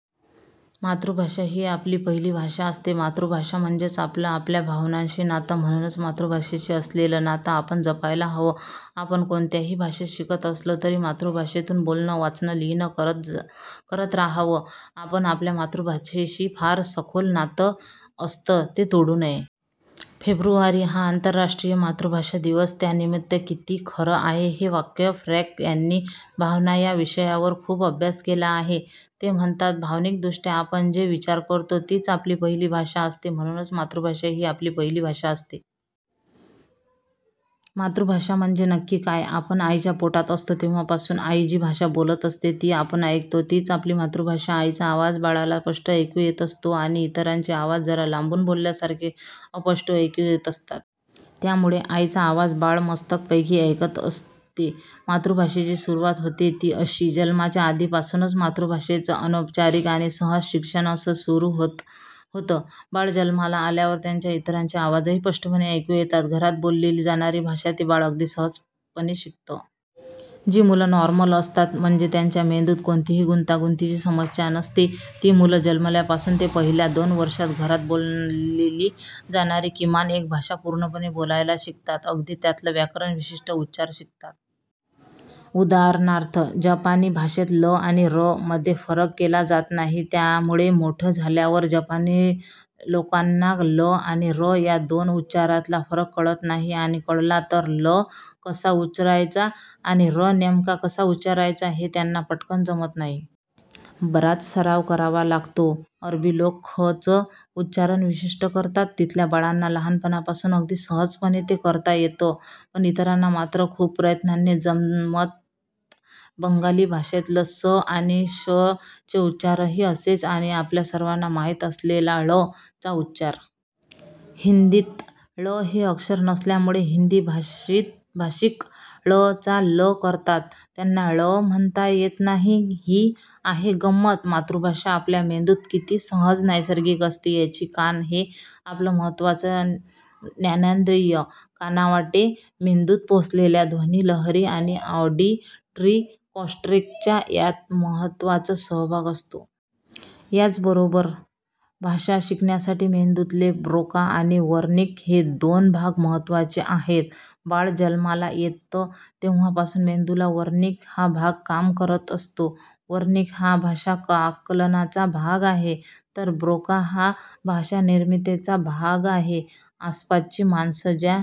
मातृभाषा ही आपली पहिली भाषा असते. मातृभाषा म्हणजेच आपलं आपल्या भावनांशी नातं; म्हणूनच मातृभाषेशी असलेलं नातं आपण जपायला हवं. आपण कोणत्याही भाषेत शिकत असलो, तरी मातृभाषेतून बोलणं, वाचणं, लिहिणं करत राहावं. आपलं आपल्या मातृभाषेशी फार सखोल नातं असतं; ते तोडू नये. फेब्रुवारी हा आंतरराष्ट्रीय मातृभाषा दिवस, त्यानिमित्त- किती खरं आहे हे वाक्य. फ्रॅंक यांनी 'भावना' या विषयावर खूप अभ्यास केला आहे. ते म्हणतात, भावनिकदृष्ट्या आपण जे विचार करतो, तीच आपली पहिली भाषा असते. म्हणूनच मातृभाषा ही आपली पहिली भाषा असते. मातृभाषा म्हणजे नक्की काय? आपण आईच्या पोटात असतो तेव्हापासून आई जी भाषा बोलत असते, ती आपण ऐकतो. तीच आपली मातृभाषा. आईचा आवाज बाळाला स्पष्ट ऐकू येत असतो आणि इतरांचे आवाज जरा लांबून बोलल्यासारखे, अस्पष्ट ऐकू येत असतात. त्यामुळे आईचा आवाज बाळ मस्तपैकी ऐकत असते. मातृभाषेची सुरुवात होते ती अशी, जन्माच्या आधीपासूनच! मातृभाषेचं अनौपचारिक आणि सहज शिक्षण असं सुरू होतं. बाळ जन्माला आल्यावर त्याला इतरांचे आवाजही स्पष्टपणे ऐकू येतात. घरात बोलली जाणारी भाषा ते बाळ अगदी सहजपणे शिकतं. जी मुलं नॉर्मल असतात, म्हणजे ज्यांच्या मेंदूत कोणतीही गुंतागुंतीची समस्या नसते, ती मुलं जन्मल्यापासून ते पहिल्या दोन वर्षांत, घरात बोलली जाणारी किमान एक भाषा पूर्णपणे बोलायला शिकतात. अगदी त्यातलं व्याकरण, विशिष्ट उच्चार शिकतात. उदा. जपानी भाषेत 'ल' आणि 'र' मध्ये फरक केला जात नाही. त्यामुळे मोठं झाल्यावरही जपानी लोकांना 'ल' आणि 'र' या दोन उच्चारांतला फरक कळत नाही. आणि कळला तरी 'ल' कसा उच्चारायचा आणि 'र' नेमका कसा उच्चारायचा, हे त्यांना पटकन जमत नाही. बराच सराव करावा लागतो. अरबी लोक 'ख'चं उच्चारण विशिष्ट करतात. तिथल्या बाळांना लहानपणापासून अगदी सहजपणे ते करता येतं. पण इतरांना मात्र खूप प्रयत्नांनी जमतं. बंगाली भाषेतले 'स' आणि 'श'चे उच्चारही असेच. आणि आपल्या सर्वांना माहीत असलेला 'ळ'चा उच्चार. हिंदीत 'ळ' हे अक्षर नसल्यामुळे हिंदी भाषिक 'ळ' चा 'ल' करतात. त्यांना 'ळ' म्हणता येत नाही. ही आहे गंमत, मातृभाषा आपल्या मेंदूत किती सहज, नैसर्गिक असते, याची! कान हे आपलं महत्त्वाचं ज्ञानेंद्रिय. कानांवाटे मेंदूत पोचलेल्या ध्वनिलहरी आणि ऑडिटरी कॉर्टेक्सचा यात महत्त्वाचा सहभाग असतो. याबरोबरच भाषा शिकण्यासाठी मेंदूतले 'ब्रोका' आणि 'वर्निक' हे दोन भाग महत्त्वाचे आहेत. बाळ जन्माला येतं तेव्हापासून मेंदूतला 'वर्निक' हा भाग काम करत असतो. 'वर्निक' हा भाषा-आकलनाचा भाग आहे; तर 'ब्रोका' हा भाषा- निर्मितीचा भाग आहे. आसपासची माणसं ज्या